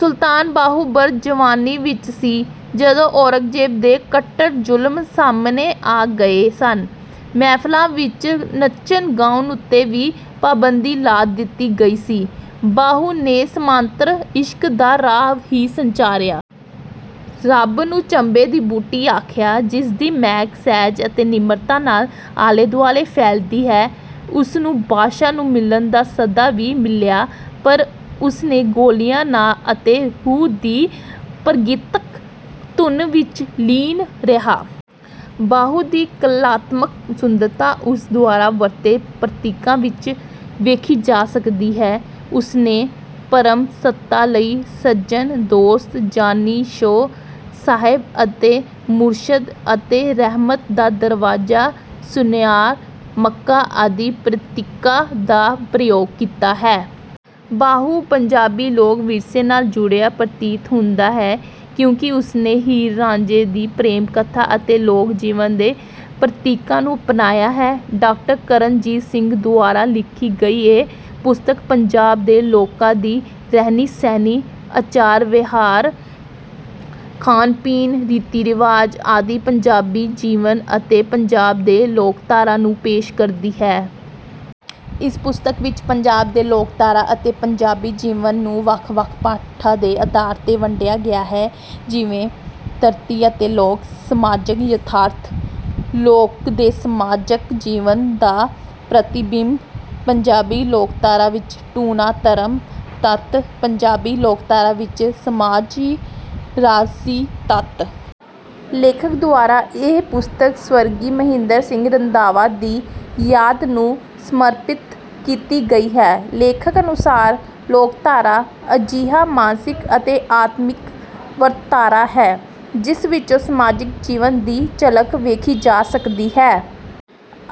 ਸੁਲਤਾਨ ਬਾਹੂ ਭਰ ਜਵਾਨੀ ਵਿੱਚ ਸੀ ਜਦੋਂ ਔਰੰਗਜ਼ੇਬ ਦੇ ਕੱਟੜ ਜੁਲਮ ਸਾਹਮਣੇ ਆ ਗਏ ਸਨ। ਮਹਿਫਲਾਂ ਵਿੱਚ ਨੱਚਣ-ਗਾਉਣ ਉੱਤੇ ਵੀ ਪਾਬੰਦੀ ਲਾ ਦਿੱਤੀ ਗਈ ਸੀ। ਬਾਹੂ ਨੇ ਸਮਾਨੰਤਰ ਇਸ਼ਕ ਦਾ ਰਾਹ ਹੀ ਸੰਚਾਰਿਆ। ਰੱਬ ਨੂੰ ਚੰਬੇ ਦੀ ਬੂਟੀ ਆਖਿਆ, ਜਿਸ ਦੀ ਮਹਿਕ ਸਹਿਜ ਅਤੇ ਨਿਮਰਤਾ ਨਾਲ ਆਲੇ-ਦੁਆਲੇ ਫੈਲਦੀ ਹੈ। ਉਸ ਨੂੰ ਬਾਦਸ਼ਾਹ ਨੂੰ ਮਿਲਣ ਦਾ ਸੱਦਾ ਵੀ ਮਿਲਿਆ, ਪਰ ਉਸਨੇ ਗੌਲਿਆ ਨਾ ਅਤੇ 'ਹੂ' ਦੀ ਪ੍ਰਗੀਤਕ ਧੁਨ ਵਿੱਚ ਲੀਨ ਰਿਹਾ। ਬਾਹੂ ਦੀ ਕਲਾਤਮਕ ਸੁੰਦਰਤਾ ਉਸ ਦੁਆਰਾ ਵਰਤੇ ਪ੍ਰਤੀਕਾਂ ਵਿੱਚ ਵੇਖੀ ਜਾ ਸਕਦੀ ਹੈ। ਉਸਨੇ ਪਰਮ-ਸੱਤਾ ਲਈ ਸੱਜਣ, ਦੋਸਤ, ਜਾਨੀ, ਸ਼ੌਹ, ਸਾਹਿਬ ਅਤੇ ਮੁਰਸ਼ਿਦ, ਅਤੇ ਰਹਿਮਤ ਦਾ ਦਰਵਾਜ਼ਾ, ਸੁਨਿਆਰ, ਮੱਕਾ ਆਦਿ ਪ੍ਰਤੀਕਾਂ ਦਾ ਪ੍ਰਯੋਗ ਕੀਤਾ ਹੈ। ਬਾਹੂ ਪੰਜਾਬੀ ਲੋਕ-ਵਿਰਸੇ ਨਾਲ ਜੁੜਿਆ ਪ੍ਰਤੀਤ ਹੁੰਦਾ ਹੈ, ਕਿਉਂਕਿ ਉਸਨੇ ਹੀਰ-ਰਾੰਝੇ ਦੀ ਪ੍ਰੇਮ ਕਥਾ ਅਤੇ ਲੋਕ-ਜੀਵਨ ਦੇ ਪ੍ਰਤੀਕਾਂ ਨੂੰ ਅਪਣਾਇਆ ਹੈ। ਡਾਕਟਰ ਕਰਨਜੀਤ ਸਿੰਘ ਦੁਆਰਾ ਲਿਖੀ ਗਈ ਇਹ ਪੁਸਤਕ ਪੰਜਾਬ ਦੇ ਲੋਕਾਂ ਦੀ ਰਹਿਣੀ-ਸਹਿਣੀ, ਆਚਾਰ-ਵਿਹਾਰ, ਖਾਣ-ਪੀਣ, ਰੀਤੀ-ਰਿਵਾਜ਼ ਆਦਿ ਪੰਜਾਬੀ ਜੀਵਨ ਅਤੇ ਪੰਜਾਬ ਦੀ ਲੋਕਧਾਰਾ ਨੂੰ ਪੇਸ਼ ਕਰਦੀ ਹੈ। ਇਸ ਪੁਸਤਕ ਵਿੱਚ ਪੰਜਾਬ ਦੀ ਲੋਕਧਾਰਾ ਅਤੇ ਪੰਜਾਬੀ ਜੀਵਨ ਨੂੰ ਵੱਖ-ਵੱਖ ਪਾਠਾਂ ਦੇ ਅਧਾਰ 'ਤੇ ਵੰਡਿਆ ਗਿਆ ਹੈ, ਜਿਵੇਂ ਧਰਤੀ ਅਤੇ ਲੋਕ, ਸਮਾਜਕ ਯਥਾਰਥ, 'ਲੋਕ' ਦੇ ਸਮਾਜਕ ਜੀਵਨ ਦਾ ਪ੍ਰਤੀਬਿੰਬ, ਪੰਜਾਬੀ ਲੋਕਧਾਰਾ ਵਿੱਚ ਟੂਣਾ-ਧਰਮ ਤੱਤ, ਪੰਜਾਬੀ ਲੋਕਧਾਰਾ ਵਿੱਚ ਸਮਾਜੀ-ਰਾਜਸੀ ਤੱਤ। ਲੇਖਕ ਦੁਆਰਾ ਇਹ ਪੁਸਤਕ ਸਵਰਗੀ ਮਹਿੰਦਰ ਸਿੰਘ ਰੰਧਾਵਾ ਦੀ ਯਾਦ ਨੂੰ ਸਮਰਪਿਤ ਕੀਤੀ ਗਈ ਹੈ। ਲੇਖਕ ਅਨੁਸਾਰ ਲੋਕਧਾਰਾ ਅਜਿਹਾ ਮਾਨਸਿਕ ਅਤੇ ਆਤਮਿਕ ਵਰਤਾਰਾ ਹੈ, ਜਿਸ ਵਿੱਚੋਂ ਸਮਾਜਿਕ ਜੀਵਨ ਦੀ ਝਲਕ ਵੇਖੀ ਜਾ ਸਕਦੀ ਹੈ।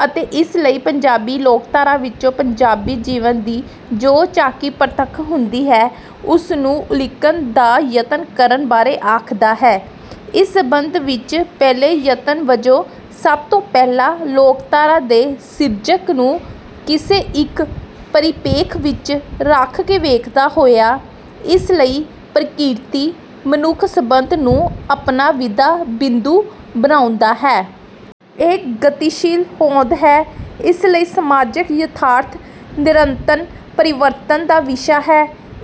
ਅਤੇ ਇਸ ਲਈ ਪੰਜਾਬੀ ਲੋਕਧਾਰਾ ਵਿੱਚੋਂ ਪੰਜਾਬੀ ਜੀਵਨ ਦੀ ਜੋ ਝਾਕੀ ਪ੍ਰਤੱਖ ਹੁੰਦੀ ਹੈ ਉਸ ਨੂੰ ਉਲੀਕਣ ਦਾ ਯਤਨ ਕਰਨ ਬਾਰੇ ਆਖਦਾ ਹੈ। ਇਸ ਸਬੰਧ ਵਿੱਚ ਪਹਿਲੇ ਯਤਨ ਵਜੋਂ ਸਭ ਤੋਂ ਪਹਿਲਾਂ ਲੋਕਧਾਰਾ ਦੇ ਸਿਰਜਕ ਨੂੰ ਕਿਸੇ ਇੱਕ ਪਰਿਪੇਖ ਵਿੱਚ ਰੱਖ ਕੇ ਵੇਖਦਾ ਹੋਇਆ, ਇਸ ਲਈ ਪ੍ਰਕਿਰਤੀ-ਮਨੁੱਖ ਸਬੰਧ ਨੂੰ ਆਪਣਾ ਵਿਦਾ ਬਿੰਦੂ ਬਣਾਉਂਦਾ ਹੈ। ਇਹ ਗਤੀਸ਼ੀਲ ਹੋਂਦ ਹੈ। ਇਸ ਲਈ ਸਮਾਜਕ ਯਥਾਰਥ ਨਿਰੰਤਰ ਪਰਿਵਰਤਨ ਦਾ ਵਿਸ਼ਾ ਹੈ।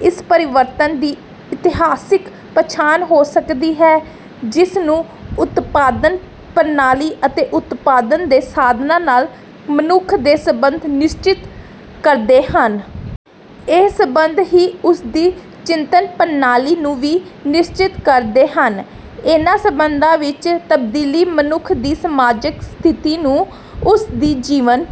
ਇਸ ਪਰਿਵਰਤਨ ਦੀ ਇਤਿਹਾਸਕ ਪਛਾਣ ਹੋ ਸਕਦੀ ਹੈ, ਜਿਸ ਨੂੰ ਉਤਪਾਦਨ ਪ੍ਰਣਾਲੀ ਅਤੇ ਉਤਪਾਦਨ ਦੇ ਸਾਧਨਾਂ ਨਾਲ ਮਨੁੱਖ ਦੇ ਸਬੰਧ ਨਿਸ਼ਚਿਤ ਕਰਦੇ ਹਨ। ਇਹ ਸਬੰਧ ਹੀ ਉਸ ਦੀ ਚਿੰਤਨ ਪ੍ਰਣਾਲੀ ਨੂੰ ਵੀ ਨਿਸ਼ਚਿਤ ਕਰਦੇ ਹਨ। ਇਹਨਾਂ ਸਬੰਧਾਂ ਵਿੱਚ ਤਬਦੀਲੀ ਮਨੁੱਖ ਦੀ ਸਮਾਜਕ ਸਥਿਤੀ ਨੂੰ, ਉਸ ਦੀ ਜੀਵਨ